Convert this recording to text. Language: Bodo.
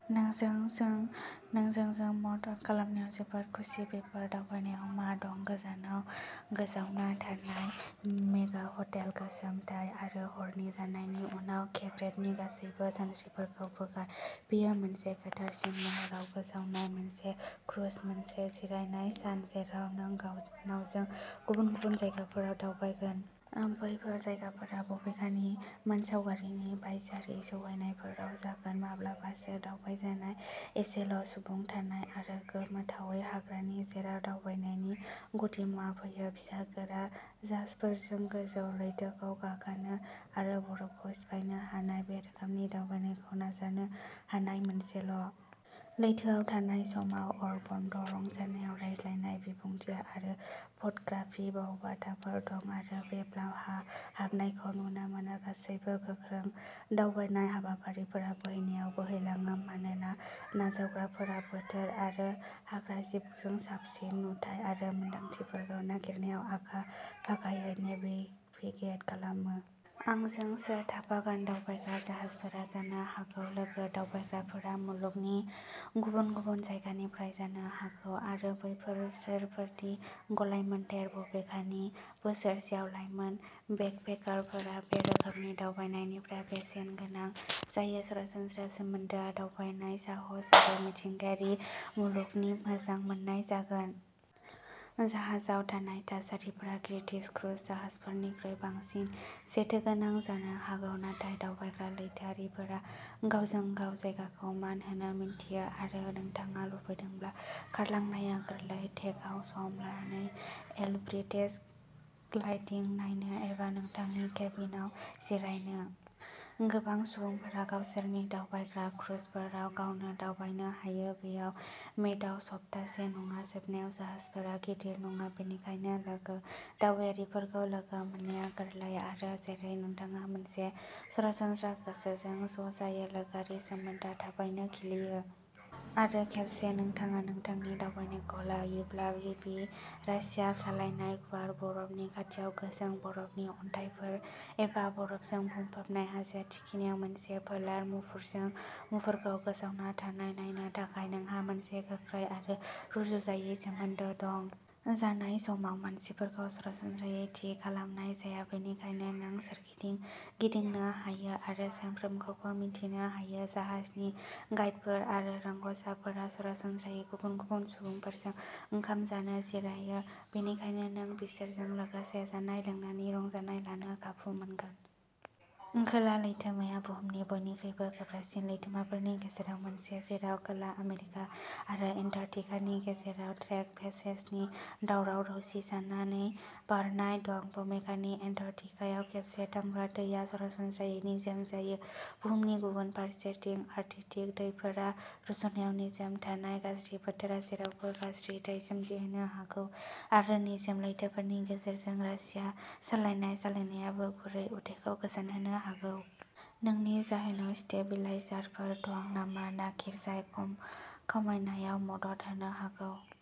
नोंजों जों मदद खालामनायाव जोबोद खुसि। बेफोर दावबायनायाव मा दं गोजावना थानाय मेगा हटेल गोसोम टाइ आरो हरनि जानायनि उनाव केबरेटनि गासैबो सानस्रिफोरखौ बोखार। बेयो मोनसे गोथारसिन महराव गोजावनाय मोनसे क्रुज मोनसे जिरायनाय सान जेराव नों नावजों गुबुन गुबुन जायगाफोराव दावबायगोन। बैफोर जायगाफोरा बबेखानि मानसावगारिनि बायजोआरि सौहैनायफोराव जागोन माब्लाबासो दावबायजानाय एसेल'सुबुं थानाय आरो गोमोथावै हाग्रानि। जेराव दावबायनायनि गुदिमुवा फैयो फिसा गोरा जाहाजफोरजों गोजौ लैथोखौ गाखोनो आरो बरफखौ सिफायनो हानाय बे रोखोमनि दावबायनायखौ नाजानो हानाय मोनसेल'। लैथोआव थानाय समाव अनबोर्ड रंजानायाव रायज्लायनाय बिबुंथि आरो फट'ग्राफि मावबादाफोर दं आरो जेब्ला हा हाबनायखौ नुनो मोनो गासैबो गोख्रों दावबायनाय हाबाफारिफोरा बोहैनायाव बोहैलाङो मानोना नावजावग्राफोरा बोथोर आरो हाग्राजिबखौ साबसिन नुथाय आरो मोनदांथिफोरखौ नागिरनायाव आखा फाखायै नेभिगेट खालामो। आंजों सोर थाफागोन दावबायग्रा जाहाजफोरा जानो हागौ। लोगो दावबायग्राफोरा मुलुगनि गुबुन गुबुन जायगानिफ्राय जानो हागौ आरो बैसोफोरनि गलायमोन्देर बबेखानि बोसोरसेआव लाइमोन बेकपेकारफोरा बे रोखोमनि दावबायनायनिफ्राय बेसेन गोनां जायो सरासनस्रा सोमोन्दोआ दावबायनाय साहस आरो मिथिंगायारि मुलुगनि मोजां मोननाय जागोन। जाहाजाव थानाय थासारिफोरा गिदिर क्रुज जाहाजफोरनिख्रुइ बांसिन जेथोगोनां जानो हागौ नाथाय दावबायग्रा लैथोआरिफोरा गावजों गाव जायगाखौ मान होनो मिन्थियो आरो नोंथाङा लुबैदोंब्ला खारलांनाया गोरलै डेकआव सम लानानै एलबेट्रस ग्लाइडिं नायनो एबा नोंथांनि केबिनआव जिरायनो। गोबां सुबुंफोरा गावसोरनि दावबायग्रा क्रुजफोराव गावनो दावबायनो हायो। बेयो मेडआव सप्तासे नङा जोबनायाव जाहाजफोरा गिदिर नङा बेनिखायनो लोगो दावबायारिफोरखौ लोगो मोननाया गोरलै आरो जेरै नोंथाङा मोनसे सरासनस्रा गोसोजों ज'जायो लोगोआरि सोमोन्दोआ थाबैनो खिलियो। आरो खेबसे नोंथाङा नोंथांनि दावबायनायखौ लायोब्ला। गिबि रासिया सालायनाय गुवार बरफनि खाथियाव गोजों बरफनि अन्थाइफोर एबा बरफजों बुंफबनाय हाजो थिखिनियाव मोनसे पोलार मुफुरखौ गोजावना थानाय नायनो थाखाय नोंहा मोनसे गोख्रै आरो रुजुजायै सोमोन्दो दं। जानाय समाव मासिफोरखौ सरासनस्रायै थि खालामनाय जाया बेनिखायनो नों सोरगिदिं गिदिंनो हायो आरो साफ्रोमखौबो मिन्थिनो हायो। जाहाजनि गाइडफोर आरो रोंग'साफोरा सरासनस्रायै गुबुन गुबुन सुबुंफोरजों ओंखाम जानो जिरायो बेनिखायनो नों बिसोरजों लोगोसे जानाय लोंनायनि रंजानाय लानो खाबु मोनगोन। खोला लैथोमाया बुहुमनि बयनिख्रुइबो गोब्राबसिन लैथोमाफोरनि गेजेराव मोनसे जेराव खोला आमेरिका आरो एन्टार्कटिकानि गेजेराव ड्रेक पेसेजनि दावराव दावसि साननै बारनाय दं। बबेखानि एन्टार्कटिकायाव खेबसे थांब्ला दैया सरासनस्रायै निजोम जायो। बुहुमनि गुबुन फारसेथिं आर्कटिक दैफोराबो रुजुनायाव निजोम नाथाय गाज्रि बोथोरा जेरावबो गाज्रि दै सोमजिहोनो हागौ आरो निजोम लैथोफोरनि गेजेरजों रासिया सालायनाय सालायनायाबो गुरै उदैखौ गोजोनहोनो हागौ। नोंनि जाहाजाव स्टेबिलाइजारफोर दं नामा नागिर जाय खमायनायाव मदद होनो हागौ।